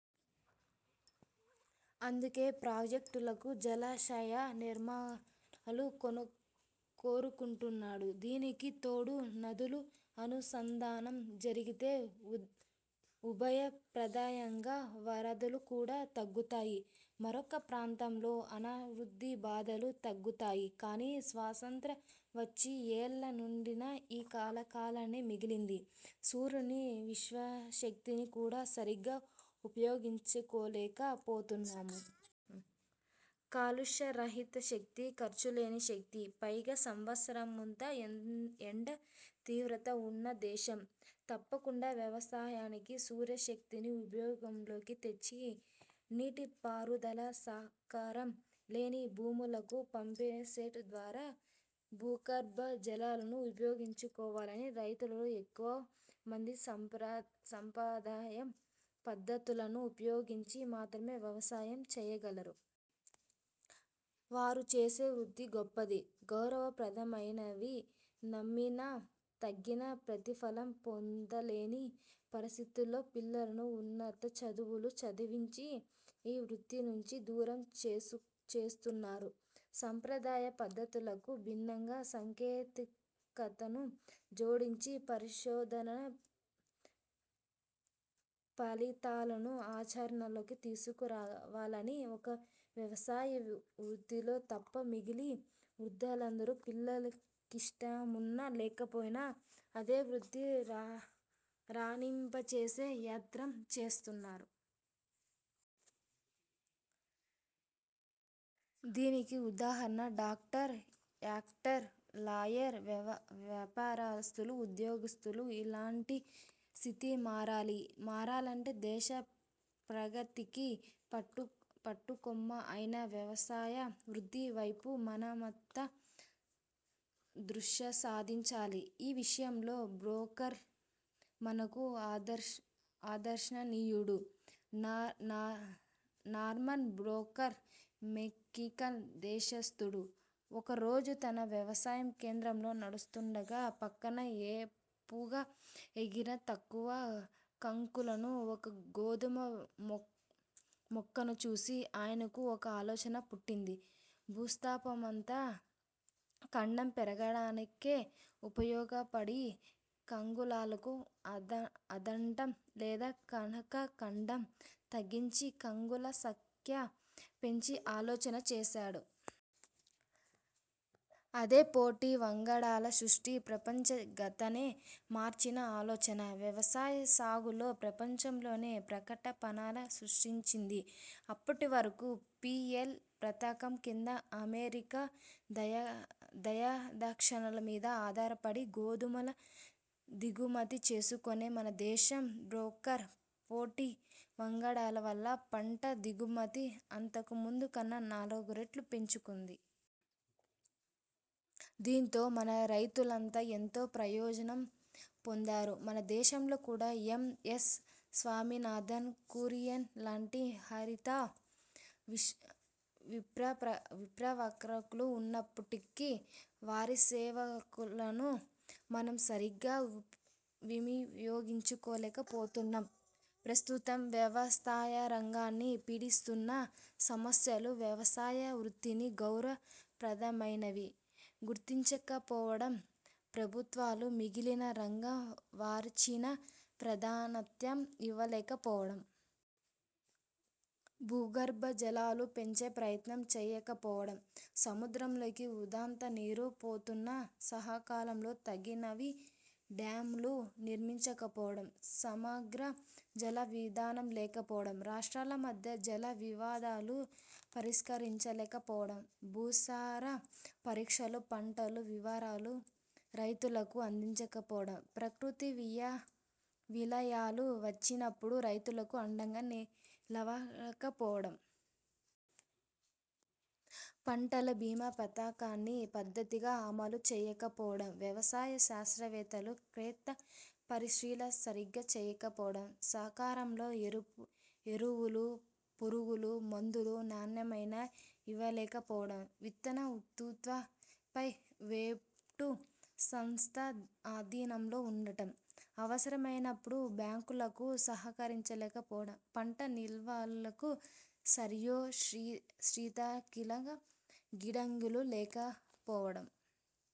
అందుకే ప్రాజెక్టులు, జలాశయాల నిర్మాణాలను కోరుకుంటున్నాడు. దీనికి తోడు నదుల అనుసంధానం జరిగితే ఉభయ ప్రదాయకంగా వరదలు కూడా తగ్గుతాయి. మరొక ప్రాంతంలో అనావృష్ఠి బాధలు తగ్గుతాయి. కానీ స్వాతంత్ర్యం వచ్చి యేళ్ళు నిండినా ఈ కల కలగానే మిగిలింది. సూర్యుని విశ్వశక్తిని కూడా సరిగా ఉపయోగించుకోలేక పోతున్నాము. కాలుష్యరహిత శక్తి, ఖర్చులేని శక్తి. పైగా సంవత్సరమంతా ఎండ తీవ్రత ఉన్న దేశం. తప్పకుండా వ్యవసాయానికి సూర్యశక్తిని ఉపయోగంలోకి తెచ్చి నీటి పారుదల సౌకర్యం లేని భూములకు పంపుసెట్ల ద్వారా భూగర్భ జలాలను ఉపయోగించుకోవాలి. రైతులలో ఎక్కువ మంది సాంప్రదాయ పద్ధతులను ఉపయోగించి మాత్రమే వ్యవసాయం చెయ్యగలరు. వారు చేసే వృత్తి గొప్పది, గౌరవ ప్రదమైనదని నమ్మినా తగిన ప్రతిఫలం పొందలేని పరిస్ధితులలో పిల్లలను ఉన్నత చదువులు చదివించి ఈ వృత్తి నుంచి దూరం చేస్తున్నారు. సాంప్రదాయ పద్ధతులకు భిన్నంగా సాంకేతికతను జోడించి, పరిశోధనా ఫలితాలను ఆచరణలోకి తీసుకురావాలి. ఒక్క వ్యవసాయ వృత్తిలో తప్ప మిగిలిన వృత్తులవారు, పిల్లలకిష్టమున్నా లేకపోయినా అదే వృత్తిలో రాణింపజేసే ప్రయత్నం చేస్తున్నారు. దీనికి ఉదాహరణ డాక్టర్లు, యాక్టర్లు, లాయర్లు, వ్యాపారస్తులు, ఉద్యోగస్తులు. ఇలాంటి స్థితి మారాలి. మారాలంటే దేశ ప్రగతికి పట్టుకొమ్మ అయిన వ్యవసాయ వృత్తి వైపు మనమంతా దృష్టిసారించాలి. ఈ విషయంలో బోర్లాగ్ మనకు ఆదర్శనీయుడు. నార్మన్ బోర్లాగ్ మెక్సికన్ దేశస్థుడు. ఒక రోజు తన వ్యవసాయ క్షేత్రంలో నడుస్తుండగా పక్కనే ఏపుగా పెరిగి తక్కువ కంకులున్న ఒక గోధుమ మొక్కను చూసి ఆయనకు ఒక ఆలోచన పుట్టి, భూసారమంతా కాండం పెరగటానికే ఉపయోగపడి కంకులకు అందటం లేదు గనుక కాండం తగ్గించి కంకుల సంఖ్య పెంచే ఆలోచన చేసాడు. అదే పొట్టి వంగడాల సృష్టి. ప్రపంచ గతినే మార్చిన ఆలోచన. వ్యవసాయ సాగులో ప్రపంచలోనే ప్రకంపనాలు సృష్టించింది. అప్పటివరకూ పీఎల్– పథకం కింద అమెరికా దయాదాక్షిణ్యాల మీద అధారపడి గోధుమలు దిగుమతి చేసుకునే మన దేశం బోర్లాగ్ పొట్టి వంగడాల వల్ల పంట దిగుమతి అంతకు ముందు కన్నా నాలుగురెట్లు పెంచుకుంది. దీంతో మన రైతన్నలు ఎంతో ప్రయోజనం పొందారు. మన దేశంలో కూడా యం. యస్. స్వామినాథన్, కురియన్ లాంటి హరిత విప్లవకారులు ఉన్నప్పటికీ వారిసేవలను మనం సరిగ్గా వినియోగించుకోలేకపోతున్నాం. ప్రస్తుతం వ్యవసాయరంగాన్ని పీడిస్తున్న సమస్యలు వ్యవసాయ వృత్తిని గౌరవ ప్రదమైనదని గుర్తించకపోవడం. ప్రభుత్వాలు మిగిలిన రంగాల వారికిచ్చిన ప్రాధాన్యత ఇవ్వకపోవడం. భూగర్భ జలాలు పెంచే ప్రయత్నం చేయకపోవడం. సముద్రంలోకి వృథాగా నీరు పోతున్నా సకాలంలో తగినన్ని డ్యామ్లు నిర్మించకపోవడం. సమగ్ర జల విధానం లేకపోవడం, రాష్ట్రాల మధ్య జలవివాదాలు పరిష్కరించకపోవడం. భూసార పరీక్షలు, పంటల వివరాలు రైతులకు అందించకపోవడం. ప్రకృతి విలయాలు వచ్చినప్పుడు రైతులకు అండగా నిలవకపోవడం. పంటల బీమా పథకాన్ని పద్ధతిగా అమలు చేయకపోవడం. వ్యవసాయ శాస్త్రవేత్తలు క్షేత్ర పరిశీలన సరిగా చేయకపోవడం. సకాలంలో ఎరువులు, పురుగు మందులు నాణ్యమైనవి ఇవ్వకపోవడం. విత్తన ఉత్పత్తి ప్రైవేటు సంస్థల ఆధీనంలో ఉండటం. అవసరమైనప్పుడు బ్యాంకులు సహకరించకపోవడం. పంట నిల్వలకు సరియైన శీతలీకరణ గిడ్డంగులు లేకపోవడం.